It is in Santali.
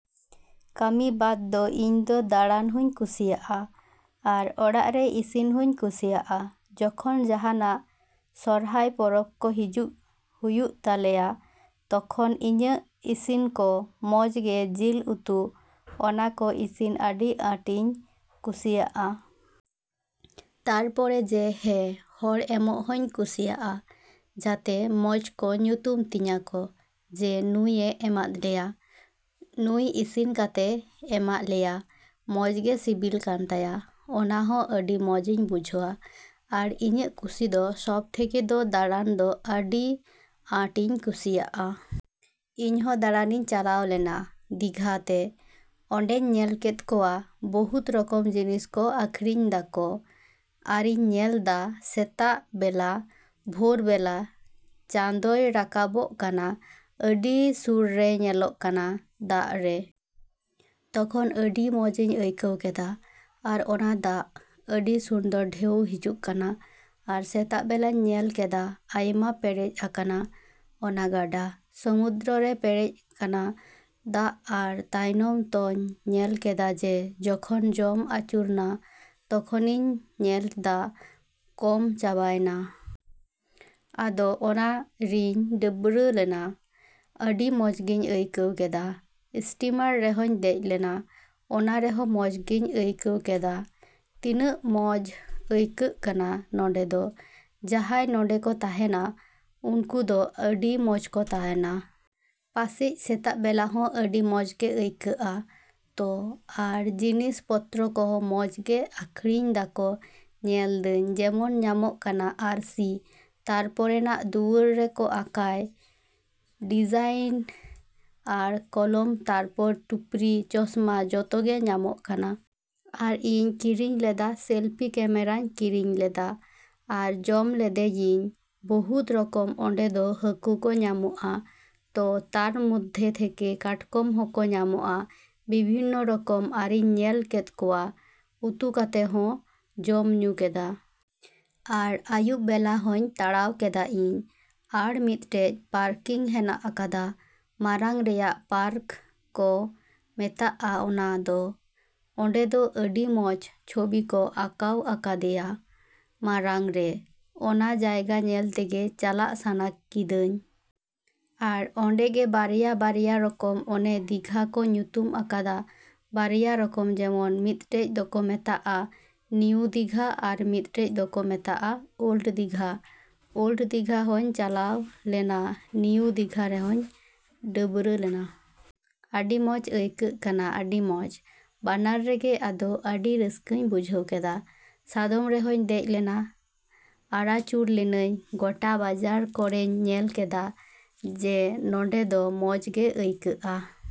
ᱠᱟᱹᱢᱤ ᱵᱟᱫᱽ ᱫᱚ ᱤᱧ ᱫᱚ ᱫᱟᱬᱟᱱ ᱦᱩᱧ ᱠᱩᱥᱤᱭᱟᱜᱼᱟ, ᱟᱨ ᱚᱲᱟᱜ ᱨᱮ ᱤᱥᱤᱱ ᱦᱩᱧ ᱠᱩᱥᱤᱭᱟᱜᱼᱟ᱾ ᱡᱚᱠᱷᱚᱱ ᱡᱟᱦᱟᱱᱟᱜ ᱥᱚᱨᱦᱟᱭ ᱯᱚᱨᱚᱵᱽ ᱠᱚ ᱦᱤᱡᱩᱜ ᱦᱩᱭᱩᱜ ᱛᱟᱞᱮᱭᱟ, ᱛᱚᱠᱷᱚᱱ ᱤᱧᱟᱹᱜ ᱤᱥᱤᱱ ᱠᱚ ᱢᱚᱡᱽ ᱜᱮ ᱡᱤᱞ ᱩᱛᱩ ᱚᱱᱟ ᱠᱚ ᱤᱥᱤᱱ ᱟᱹᱰᱤ ᱟᱸᱴᱤᱧ ᱠᱩᱥᱤᱭᱟᱜᱼᱟ᱾ ᱛᱟᱨᱯᱚᱨᱮ ᱡᱮ, ᱦᱮᱸ ᱦᱚᱲ ᱮᱢᱚᱜ ᱦᱚᱧ ᱠᱩᱥᱤᱭᱟᱜᱼᱟ, ᱡᱟᱛᱮ ᱢᱚᱡᱽ ᱠᱚ ᱧᱩᱛᱩᱢ ᱛᱤᱧᱟ ᱠᱚ ᱡᱮ ᱱᱩᱭᱮ ᱮᱢᱟᱫ ᱞᱮᱭᱟ, ᱱᱩᱭ ᱤᱥᱤᱱ ᱠᱟᱛᱮ ᱮᱢᱟᱜ ᱞᱮᱭᱟ᱾ ᱢᱚᱡᱽ ᱜᱮ ᱥᱤᱵᱤᱞ ᱠᱟᱱ ᱛᱟᱭᱟ᱾ ᱚᱱᱟ ᱦᱚᱸ ᱟᱹᱰᱤ ᱢᱚᱡᱤᱧ ᱵᱩᱡᱷᱟᱹᱣᱟ᱾ ᱟᱨ, ᱤᱧᱟᱹᱜ ᱠᱩᱥᱤ ᱫᱚ, ᱥᱚᱵᱽ ᱛᱷᱮᱠᱮ ᱫᱚ ᱫᱟᱬᱟᱱ ᱫᱚ ᱟᱹᱰᱤ ᱟᱸᱴᱤᱧ ᱠᱩᱥᱤᱭᱟᱜᱼᱟ᱾ ᱤᱧ ᱦᱚᱸ ᱫᱟᱬᱟᱱᱤᱧ ᱪᱟᱞᱟᱣ ᱞᱮᱱᱟ ᱫᱤᱜᱷᱟ ᱛᱮ᱾ ᱚᱸᱰᱮᱧ ᱧᱮᱞ ᱠᱮᱫ ᱠᱚᱣᱟ ᱵᱚᱦᱩᱛ ᱨᱚᱠᱚᱢ ᱡᱤᱱᱤᱥ ᱠᱚ ᱟᱠᱷᱨᱤᱧ ᱫᱟᱠᱚ᱾ ᱟᱨᱤᱧ ᱧᱮᱞᱫᱟ ᱥᱮᱛᱟᱜ ᱵᱮᱞᱟ, ᱵᱷᱳᱨ ᱵᱮᱞᱟ ᱪᱟᱸᱫᱚᱭ ᱨᱟᱠᱟᱵᱚᱜ ᱠᱟᱱᱟ, ᱟᱹᱰᱤ ᱥᱩᱨ ᱨᱮᱭ ᱧᱮᱞᱚᱜ ᱠᱟᱱᱟ ᱫᱟᱜ ᱨᱮ᱾ ᱛᱚᱠᱷᱚᱱ ᱟᱹᱰᱤ ᱢᱚᱸᱡᱤᱧ ᱟᱹᱭᱠᱟᱹᱣ ᱠᱮᱫᱟ ᱟᱨ ᱚᱱᱟ ᱫᱟᱜ ᱟᱹᱰᱤ ᱥᱩᱱᱫᱚᱨ ᱰᱷᱮᱣ ᱦᱤᱡᱩᱜ ᱠᱟᱱᱟ ᱟᱨ ᱥᱮᱛᱟᱜ ᱵᱮᱞᱟᱧ ᱧᱮᱞ ᱠᱮᱫᱟ ᱟᱭᱢᱟ ᱯᱮᱨᱮᱡ ᱟᱠᱟᱱᱟ, ᱚᱱᱟ ᱜᱟᱰᱟ᱾ ᱥᱚᱢᱩᱫᱨᱚ ᱨᱮ ᱯᱮᱨᱮᱡ ᱠᱟᱱᱟ ᱫᱟᱜ ᱟᱨ ᱛᱟᱭᱱᱚᱢ ᱛᱚᱧ ᱧᱮᱞ ᱠᱮᱫᱟ ᱡᱮ ᱡᱚᱠᱷᱚᱱ ᱡᱚᱢ ᱟᱪᱩᱨᱱᱟ ᱛᱚᱠᱷᱚᱱᱤᱧ ᱧᱮᱞ ᱫᱟ ᱠᱚᱢ ᱪᱟᱵᱟᱭᱱᱟ᱾ ᱟᱫᱚ ᱚᱱᱟ ᱨᱤᱧ ᱰᱟᱹᱵᱨᱟᱹ ᱞᱮᱱᱟ᱾ ᱟᱹᱰᱤ ᱢᱚᱡᱽᱜᱤᱧ ᱟᱹᱭᱠᱟᱹᱣ ᱠᱮᱫᱟ, ᱥᱴᱤᱢᱟᱨ ᱨᱮᱦᱚᱧ ᱫᱮᱡ ᱞᱮᱱᱟ᱾ ᱚᱱᱟ ᱨᱮᱦᱚᱸ ᱢᱚᱡᱽ ᱜᱤᱧ ᱟᱭᱠᱟᱹᱣ ᱠᱮᱫᱟ᱾ ᱛᱤᱱᱟᱹᱜ ᱢᱚᱡᱽ ᱟᱹᱭᱠᱟᱹᱜ ᱠᱟᱱᱟ ᱱᱚᱸᱰᱮ ᱫᱚ᱾ ᱡᱟᱦᱟᱸᱭ ᱱᱚᱸᱰᱮ ᱠᱚ ᱛᱟᱦᱮᱱᱟ ᱩᱱᱠᱩ ᱫᱚ ᱟᱹᱰᱤ ᱢᱚᱡᱽ ᱠᱚ ᱛᱟᱦᱮᱱᱟ᱾ ᱯᱟᱥᱮᱡ ᱥᱮᱛᱟᱜ ᱵᱮᱞᱟ ᱦᱚᱸ ᱟᱹᱰᱤ ᱢᱚᱡᱽ ᱟᱹᱭᱠᱟᱹᱜᱼᱟ ᱛᱚ᱾ ᱟᱨ ᱡᱤᱱᱤᱥ ᱯᱚᱛᱨᱚ ᱠᱚᱦᱚᱸ ᱢᱚᱡᱽ ᱜᱮ ᱟᱠᱷᱨᱤᱧ ᱫᱟᱠᱚ ᱧᱮᱞ ᱫᱟᱹᱧ, ᱡᱮᱢᱚᱱ ᱧᱟᱢᱚᱜ ᱠᱟᱱᱟ ᱟᱨᱥᱤ, ᱛᱟᱨᱯᱚᱨᱮ ᱱᱟᱜ ᱫᱩᱣᱟᱹᱨ ᱨᱮ ᱠᱚ ᱟᱸᱠᱟᱭ᱾ ᱰᱤᱡᱟᱭᱤᱱ ᱟᱨ ᱠᱚᱞᱚᱢ ᱛᱟᱨᱯᱚᱨ ᱴᱩᱯᱨᱤ, ᱪᱚᱥᱢᱟ ᱡᱚᱛᱚ ᱜᱮ ᱧᱟᱢᱚᱜ ᱠᱟᱱᱟ᱾ ᱟᱨ ᱤᱧ ᱠᱤᱨᱤᱧ ᱞᱮᱫᱟᱼ ᱥᱮᱞᱯᱤ ᱠᱮᱢᱮᱨᱟᱧ ᱠᱤᱨᱤᱧ ᱞᱮᱫᱟ᱾ ᱟᱨ ᱡᱚᱢ ᱞᱮᱫᱮᱭᱤᱧ ᱵᱚᱦᱩᱛ ᱨᱚᱠᱚᱢ ᱚᱸᱰᱮ ᱫᱚ ᱦᱟᱹᱠᱩ ᱠᱚ ᱧᱟᱢᱚᱜᱼᱟ ᱛᱚ ᱛᱟᱨ ᱢᱚᱫᱽᱫᱷᱮ ᱛᱷᱮᱠᱮ ᱠᱟᱴᱠᱚᱢ ᱦᱚᱸᱠᱚ ᱧᱟᱢᱚᱜᱼᱟ᱾ ᱵᱷᱤᱵᱤᱱᱱᱚ ᱨᱚᱠᱚᱢ ᱟᱨᱤᱧ ᱧᱮᱞ ᱠᱮᱫ ᱠᱚᱣᱟ ᱩᱛᱩ ᱠᱟᱛᱮ ᱦᱚᱸ ᱡᱚᱢᱼᱧᱩ ᱠᱮᱫᱟ᱾ ᱟᱨ ᱟᱭᱩᱵ ᱵᱮᱞᱟ ᱦᱚᱧ ᱛᱟᱲᱟᱣ ᱠᱮᱫᱟ ᱤᱧ᱾ ᱟᱨ ᱢᱤᱫᱴᱮᱡ ᱯᱟᱨᱠᱤᱝ ᱦᱮᱱᱟᱜ ᱟᱠᱟᱫᱟ᱾ ᱢᱟᱨᱟᱝ ᱨᱮᱭᱟᱜ ᱯᱟᱨᱠ ᱠᱚ ᱢᱮᱛᱟᱜᱼᱟ ᱚᱱᱟ ᱫᱚ᱾ ᱚᱸᱰᱮ ᱫᱚ ᱟᱹᱰᱤ ᱢᱚᱡᱽ ᱪᱷᱚᱵᱤ ᱠᱚ ᱟᱸᱠᱟᱣ ᱟᱠᱟᱫᱮᱭᱟ ᱢᱟᱨᱟᱝ ᱨᱮ᱾ ᱚᱱᱟ ᱡᱟᱭᱜᱟ ᱧᱮᱞ ᱛᱮᱜᱮ ᱪᱟᱞᱟᱜ ᱥᱟᱱᱟ ᱠᱤᱫᱟᱹᱧ᱾ ᱟᱨ ᱚᱸᱰᱮ ᱜᱮ ᱵᱟᱨᱭᱟ ᱵᱟᱨᱭᱟ ᱨᱚᱠᱚᱢ, ᱚᱱᱮ ᱫᱤᱜᱷᱟ ᱠᱚ ᱧᱩᱛᱩᱢ ᱟᱠᱟᱫᱟ ᱵᱟᱨᱭᱟ ᱨᱚᱠᱚᱢ ᱡᱮᱢᱚᱱ, ᱢᱤᱫᱴᱮᱡ ᱫᱚᱠᱚ ᱢᱮᱛᱟᱜᱼᱟ ᱱᱤᱭᱩ ᱫᱤᱜᱷᱟ ᱟᱨ ᱢᱤᱫᱴᱮᱡ ᱫᱚᱠᱚ ᱢᱮᱛᱟᱜᱼᱟ ᱳᱞᱰ ᱫᱤᱜᱷᱟ᱾ ᱳᱞᱰ ᱫᱤᱜᱷᱟ ᱦᱚᱧ ᱪᱟᱞᱟᱣ ᱞᱮᱱᱟ, ᱱᱤᱭᱩ ᱫᱤᱜᱷᱟ ᱨᱮᱦᱚᱧ ᱰᱟᱹᱵᱨᱟᱹ ᱞᱮᱱᱟ᱾ ᱟᱰᱤ ᱢᱚᱡᱽ ᱟᱹᱭᱠᱟᱹᱜ ᱠᱟᱱᱟ, ᱟᱰᱤ ᱢᱚᱡᱽ᱾ ᱵᱟᱱᱟᱨ ᱨᱮᱜᱮ, ᱟᱫᱚ ᱟᱹᱰᱤ ᱨᱟᱹᱥᱠᱟᱹᱧ ᱵᱩᱡᱷᱟᱹᱣ ᱠᱮᱫᱟ᱾ ᱥᱟᱫᱚᱢ ᱨᱮᱦᱚᱧ ᱫᱮᱡ ᱞᱮᱱᱟ ᱟᱨᱟᱪᱩᱨ ᱞᱮᱱᱟᱹᱧ ᱜᱚᱴᱟ ᱵᱟᱡᱟᱨ ᱠᱚᱨᱮᱧ ᱧᱮᱞ ᱠᱮᱫᱟ, ᱡᱮ ᱱᱚᱸᱰᱮ ᱫᱚ ᱢᱚᱡᱽ ᱜᱮ ᱟᱹᱭᱠᱟᱹᱜᱼᱟ।